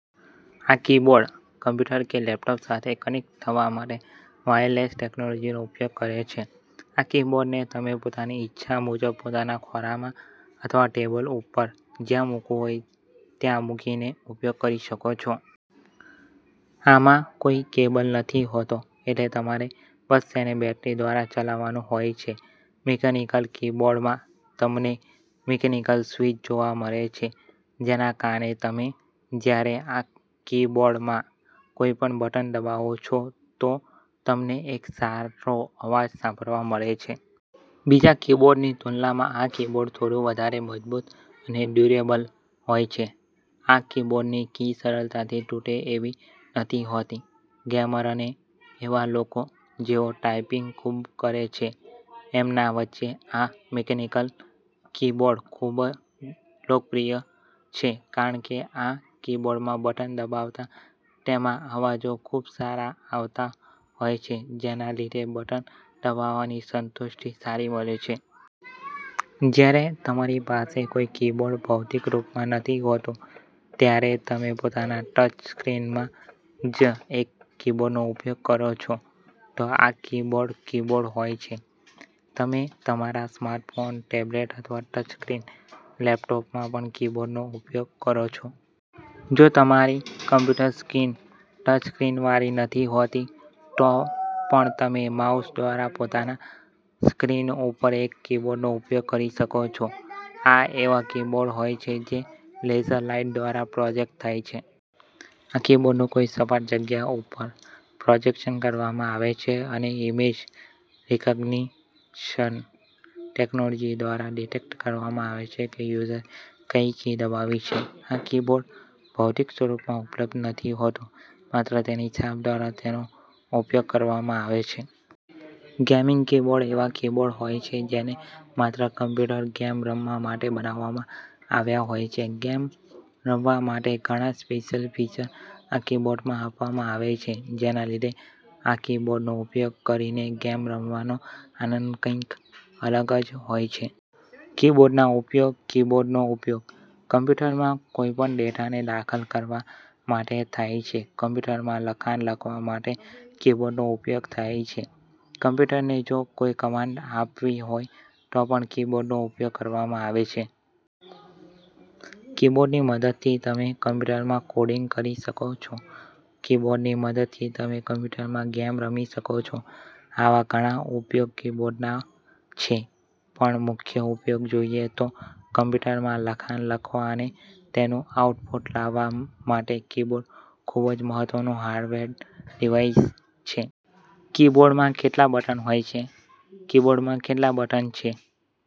આ keyboard computer કે laptop સાથે કનેક્ટ થવા માટે વાયરલેસ ટેક્નોલોજીનો ઉપયોગ કરે છે. આ કીબોર્ડને તમે પોતાની ઈચ્છા મુજબ પોતાના ખોળામાં અથવા ટેબલ ઉપર જ્યાં મૂકવું હોય ત્યાં મૂકીને ઉપયોગ કરી શકો છો. આમાં કોઈ કેબલ નથી હોતો એટલે તમારે બસ તેને બેટરી દ્વારા ચલાવવાનું હોય છે. મિકેનિકલ કીબોર્ડમાં તમને મિકેનિકલ સ્વિચ જોવા મળે છે જેના કારણે તમે જ્યારે આ કીબોર્ડમાં કોઈ પણ બટન દબાવો છો તો તમને એક સારો અવાજ સાંભળવા મળે છે. બીજા કીબોર્ડની તુલનામાં આ કીબોર્ડ થોડું વધારે મજબૂત અને ડ્યુરેબલ હોય છે. આ કીબોર્ડની કી સરળતાથી તૂટે એવી નથી હોતી. ગેમર અને એવા લોકો જેઓ ટાઈપિંગ ખૂબ કરે છે એમના વચ્ચે આ મિકેનિકલ કીબોર્ડ ખૂબ લોકપ્રિય છે કારણ કે આ કીબોર્ડમાં બટન દબાવતા તેમાં અવાજો ખૂબ સારા આવતા હોય છે જેના લીધે બટન દબાવવાની સંતુષ્ટિ સારી મળે છે. જ્યારે તમારી પાસે કોઈ કીબોર્ડ ભૌતિક રૂપમાં નથી હોતું ત્યારે તમે પોતાના ટચ સ્ક્રીનમાં જ એક કીબોર્ડનો ઉપયોગ કરો છો તો આ કીબોર્ડ કીબોર્ડ હોય છે. તમે તમારા સ્માર્ટફોન, ટેબલેટ અથવા ટચ સ્ક્રીન લેપટોપમાં પણ કીબોર્ડનો ઉપયોગ કરો છો. જો તમારી કમ્પ્યુટર સ્ક્રીન ટચ સ્ક્રીન વાળી નથી હોતી તો પણ તમે માઉસ દ્વારા પોતાના સ્ક્રીન ઉપર એક કીબોર્ડનો ઉપયોગ કરી શકો છો. આ એવા કીબોર્ડ હોય છે જે લેઝર લાઇટ દ્વારા પ્રોજેકટ થાય છે. આ કીબોર્ડનું કોઈ સપાટ જગ્યા ઉપર પ્રોજેક્શન કરવામાં આવે છે અને ઇમેજ રિકગ્નિશન ટેક્નોલોજી દ્વારા ડિટેક્ટ કરવામાં આવે છે કે યુઝરએ કઈ કી દબાવી છે. આ કીબોર્ડ ભૌતિક સ્વરૂપમાં ઉપલબ્ધ નથી હોતું માત્ર તેની છાપ દ્વારા તેનો ઉપયોગ કરવામાં આવે છે. ગેમિંગ કીબોર્ડ એવા કીબોર્ડ હોય છે જેને માત્ર કમ્પ્યુટર ગેમ રમવા માટે બનાવવામાં આવ્યા હોય છે. ગેમ રમવા માટે ઘણા સ્પેશિયલ ફીચર આ કીબોર્ડમાં આપવામાં આવે છે જેના લીધે આ કીબોર્ડનો ઉપયોગ કરીને ગેમ રમવાનો આનંદ કઈક અલગ જ હોય છે. કીબોર્ડના ઉપયોગ – કીબોર્ડનો ઉપયોગ કમ્પ્યુટરમાં કોઈ પણ ડેટાને દાખલ કરવા માટે થાય છે. કમ્પ્યુટરમાં લખાણ લખવા માટે કીબોર્ડનો ઉપયોગ થાય છે. કમ્પ્યુટરને જો કોઈ કમાન્ડ આપવી હોય તો પણ કીબોર્ડનો ઉપયોગ કરવામાં આવે છે. કીબોર્ડની મદદથી તમે કમ્પ્યુટરમાં કોડિંગ કરી શકો છો. કીબોર્ડની મદદથી તમે કમ્પ્યુટરમાં ગેમ રમી શકો છો. આવા ઘણા ઉપયોગ કીબોર્ડના છે પણ મુખ્ય ઉપયોગ જોઈએ તો કમ્પ્યુટરમાં લખાણ લખવા અને તેનું આઉટપુટ લાવવા માટે કીબોર્ડ ખૂબ જ મહત્વનું હાર્ડવેર ડિવાઇસ છે. કીબોર્ડમાં કેટલા બટન હોય છે? –? કીબોર્ડમાં કેટલા બટન છે